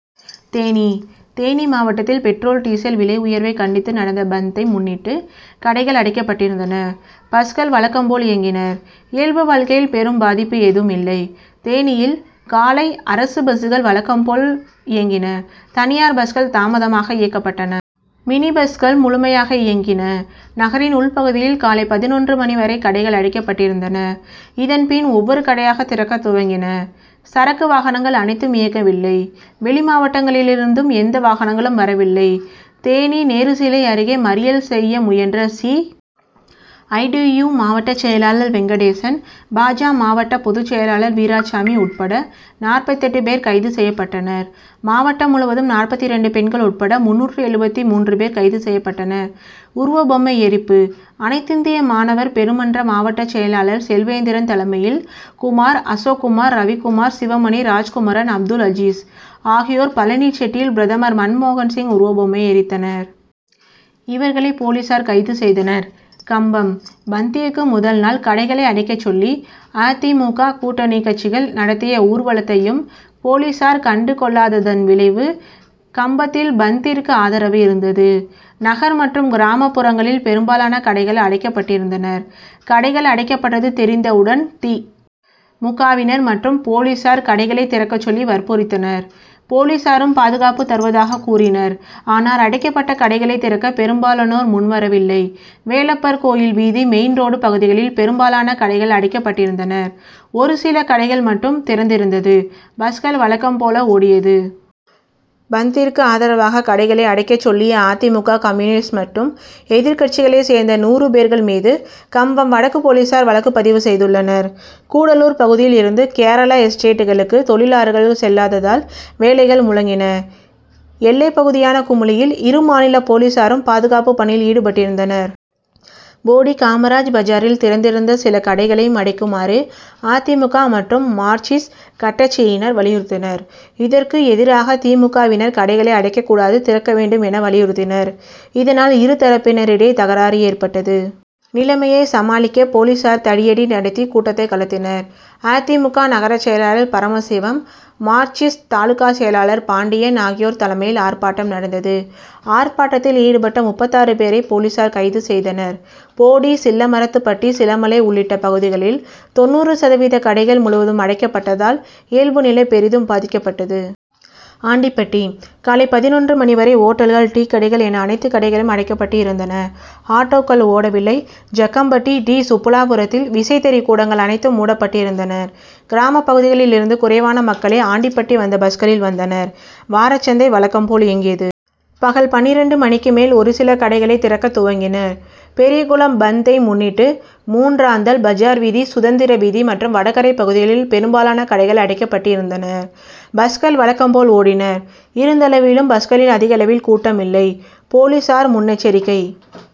தேனி தேனி மாவட்டத்தில் petrol, diesel விலை உயர்வை கண்டித்து நடந்த பந்தை முன்னிட்டு கடைகள் அடைக்கப்பட்டிருந்தன. பஸ்கள் வழக்கம் போல் இயங்கின. இயல்பு வாழ்க்கையில் பெரும் பாதிப்பு ஏதும் இல்லை. தேனியில் காலை அரசு பஸ்கள் வழக்கம் போல் இயங்கின. தனியார் பஸ்கள் தாமதமாக இயக்கப்பட்டன. மினி பஸ்கள் முழுமையாக இயங் கின. நகரின் உள் பகுதியில் காலை பதினொன்று மணி வரை கடைகள் அடைக்கப் பட்டிருந்தன. இதன் பின் ஒவ்வொரு கடையாக திறக்க துவங்கினர். சரக்கு வாகனங்கள் அனைத்தும் இயக்கவில்லை. வெளிமாவட்டங்களில் இருந்தும் எந்த வாகனங்களும் வரவில்லை. தேனி நேருசிலை அருகே மறியல் செய்ய முயன்ற சி. ஐ. டி. யு., மாவட்ட செயலாளர் வெங்கடேசன், பா. ஜ., மாவட்ட பொதுச் செயலாளர் வீராச்சாமி உட்பட நாற்பத்தெட்டு பேர் கைது செய்யப்பட்டனர். மாவட்டம் முழுவதும் நாற்பத்திரண்டு பெண்கள் உட்பட முந்நூற்று எழுபத்து மூன்று பேர் கைது செய்யப்பட்டனர். உருவபொம்மை எரிப்பு அனைத் திந்திய மாணவர் பெருமன்ற மாவட்ட செயலாளர் செல்வேந்திரன் தலைமையில், குமார், அசோக்குமார், ரவிக்குமார், சிவமணி, ராஜ்குமரன், அப்துல்அஜீஸ் ஆகியோர் பழனிசெட்டியில் பிரதமர் மன்மோகன் சிங் உருவ பொம்மையை எரித்தனர். இவர்களை போலீசார் கைது செய்தனர். கம்பம் பந்திற்கு முதல் நாள் கடைகளை அடைக்க சொல்லி அ. தி. மு. க., கூட்டணிக்கட்சிகள் நடத்திய ஊர்வலத்தையும் போலீசார் கண்டுகொள்ளாததான் விளைவு, கம்பத்தில் பந்த்திற்கு ஆதரவு இருந்தது. நகர் மற்றும் கிராமப்புறங்களில் பெரும்பாலான கடைகள் அடைக்கப்பட்டிருந்தன. கடைகள் அடைக்கப்பட்டது தெரிந்தவுடன் தி. மு. க., வினர் மற்றும் போலீசார் கடைகளை திறக்கச் சொல்லி வற்புறுத்தினர். போலீசாரும் பாதுகாப்பு தருவதாக கூறினர். ஆனால் அடைக்கப்பட்ட கடைகளை திறக்க பெரும்பாலோனோர் முன்வரவில்லை. வேலப்பர் கோயில் வீதி, மெயின்ரோடு பகுதிகளில் பெரும்பாலான கடைகள் அடைக்கப்பட்டிருந்தன. ஒருசில கடைகள் மட்டும் திறந்திருந்தது. பஸ்கள் வழக்கம் போல ஓடியது. பந்திற்கு ஆதரவாக கடைகளை அடைக்கச் சொல்லிய அ. தி. மு. க., கம்யூனிஸ்ட் மற்றும் எதிர்கட்சிகளை சேர்ந்த நூறு பேர்கள் மீது கம்பம் வடக்கு போலீசார் வழக்கு பதிவு செய்துள்ளனர். கூடலூர் பகுதியில் இருந்து கேரள எஸ்டேட்டுகளுக்கு தொழிலாளர்கள் செல்லாததால் வேலைகள் முடங் கின. எல்லைப்பகுதியான குமுளியில் இரு மாநில போலீசாரும் பாதுகாப்பு பணியில் ஈடுபட்டிருந்தனர். போடி காமராஜ் பஜாரில் திறந்திருந்த சில கடைகளையும் அடைக்குமாறு அ. தி. மு. க., மற்றும் மார்க்சிஸ்ட் கட்டசியினர் வலியுறுத்தினர். இதற்கு எதிராக தி. மு. க., வினர் கடைகளை அடைக்க கூடாது, திறக்க வேண்டும் என வலியுறுத்தினர். இதனால் இரு தரப்பினரிடையே தகராறு ஏற்பட்டது. நிலைமையை சமாளிக்க போலீசார் தடியடி நடத்தி கூட்டத்தை கலைத்தனர். அ. தி. மு. க., நகர செயலாளர் பரமசிவம், மார்க்சிஸ்ட் தாலுகா செயலாளர் பாண்டியன் ஆகியோர் தலைமையில் ஆர்ப்பாட்டம் நடந்தது. ஆர்ப்பாட்டத்தில் ஈடுபட்ட முப்பத்தாறு பேரை போலீசார் கைது செய்தனர். போடி, சில்லமரத்துப்பட்டி, சிலமலை உள்ளிட்ட பகுதிகளில் தொண்ணூறு சதவீத கடைகள் முழுவதும் அடைக்கப் பட்டதால் இயல்பு நிலை பெரிதும் பாதிக்கப்பட்டது. ஆண்டிபட்டி காலை பதினொன்று மணி வரை ஓட்டல்கள், டீக்கடைகள் என அனைத்து கடைகளும் அடைக்கப் பட்டு இருந்தன. ஆட்டோக்கள் ஓடவில்லை. ஜக்கம்பட்டி டி. சுப்புலாபுரத்தில் விசைத்தறி கூடங்கள் அனைத்தும் மூடப்பட்டிருந்தன. கிராமப்பகுதிகளில் இருந்து குறைவான மக்களே ஆண்டிபட்டி வந்த பஸ்களில் வந்தனர். வாரச்சந்தை வழக்கம் போல் இயங்கியது. பகல் பன்னிரண்டு மணிக்கு மேல் ஒரு சில கடைகளை திறக்க துவங்கினர். பெரியகுளம் பந்த்தை முன்னிட்டு மூன்றாந்தல், பஜார்வீதி, சுதந்திரவீதி மற்றும் வடகரை பகுதிகளில் பெரும்பாலான கடைகள் அடைக்கப் பட்டிருந்தன. பஸ்கள் வழக்கம் போல் ஓடின. இருந்தபோதும் பஸ்களில் அதிகளவில் கூட்டம் இல்லை. போலீசார் முன்எச்சரிக்கை